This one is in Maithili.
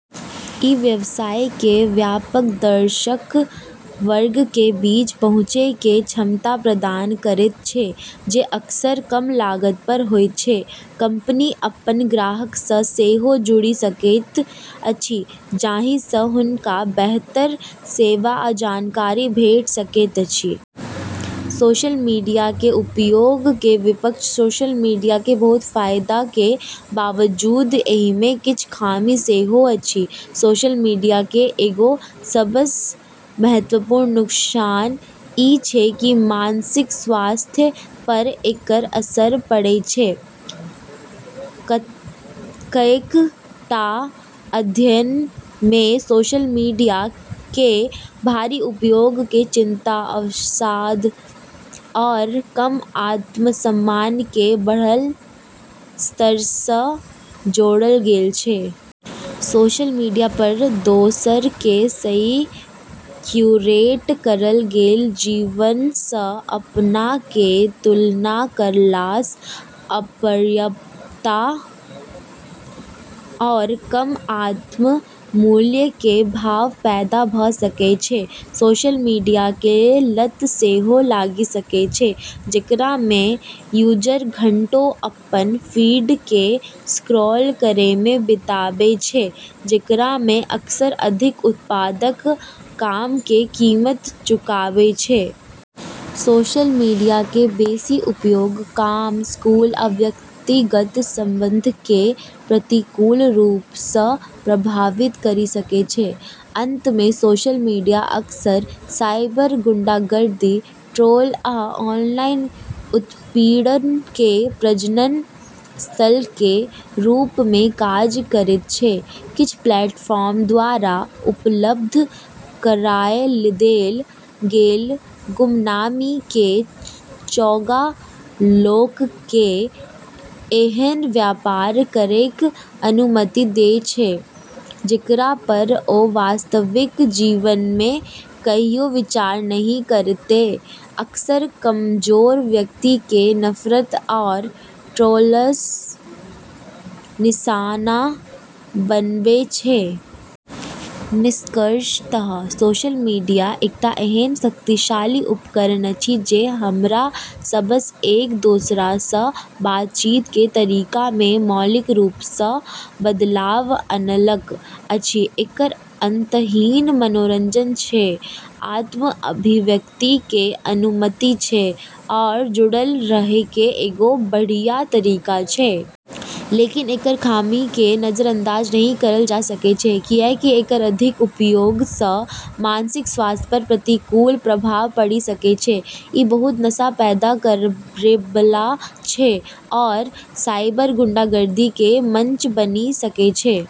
ई व्यवसायके व्यापक दर्शक वर्गके बीच पहुँचैके क्षमता प्रदान करैत छै, जे अक्सर कम लागत पर होइत छै। कंपनी अपन ग्राहकसँ सेहो जुड़ि सकैत अछि, जाहिसँ हुनका बेहतर सेवा आ जानकारी भेट सकैत अछि। सोशल मीडियाके उपयोगके विपक्ष सोशल मीडियाके बहुत फाइदाके बावजूद एहिमे किछ खामी सेहो अछि। सोशल मीडिया केर एगो सबसँ महत्वपूर्ण नुकसान ई छै कि मानसिक स्वास्थ्य पर एकर असर पड़ै छै। कएक टा अध्ययनमे सोशल मीडिया केर भारी उपयोगके चिंता, अवसाद, आओर कम आत्मसम्मान केर बढ़ल स्तरसँ जोड़ल गेल छै। सोशल मीडिया पर दोसरके सही क्यूरेट करल गेल जीवनसँ अपनाके तुलना करलासँ अपर्याप्तता आओर कम आत्म-मूल्यके भाव पैदा भ' सकै छै। सोशल मीडियाके लत सेहो लागि सकै छै, जेकरामे यूजर घंटों अपन फीडके स्क्रॉल करैमे बिताबै छै, जेकरामे अक्सर अधिक उत्पादक कामके कीमत चुकाबै छै। सोशल मीडियाके बेशी उपयोग काम, स्कूल, आ व्यक्तिगत संबंधके प्रतिकूल रूपसँ प्रभावित करि सकै छै। अंतमे, सोशल मीडिया अक्सर साइबर गुंडागर्दी, ट्रोल, आ ऑनलाइन उत्पीड़नके प्रजनन स्थलके रूपमे काज करैत छै। किछ प्लेटफार्म द्वारा उपलब्ध कराय देल गेल गुमनामी केर चोगा लोकके एहन व्यवहार करैके अनुमति दै छै जेकरा पर ओ वास्तविक जीवनमे कहियो विचार नहि करतै, अक्सर कमजोर व्यक्तिके नफरत आओर ट्रोलसँ निशाना बनबै छै। निष्कर्षतः सोशल मीडिया एकटा एहन शक्तिशाली उपकरण अछि जे हमरा सभक एक दोसरासँ बातचीतके तरीकामे मौलिक रूपसँ बदलाव अनलक अछि। एकर अंतहीन मनोरंजन छै, आत्म-अभिव्यक्तिके अनुमति छै, आओर जुड़ल रहैके एगो बढ़िया तरीका छै। लेकिन एकर खामीके नजरअंदाज नहि करल जा सकै छै, किएकि एकर अधिक उपयोगसँ मानसिक स्वास्थ्य पर प्रतिकूल प्रभाव पड़ि सकै छै, ई बहुत नशा पैदा करैबला छै, आओर साइबर गुंडागर्दी केर मंच बनि सकै छै।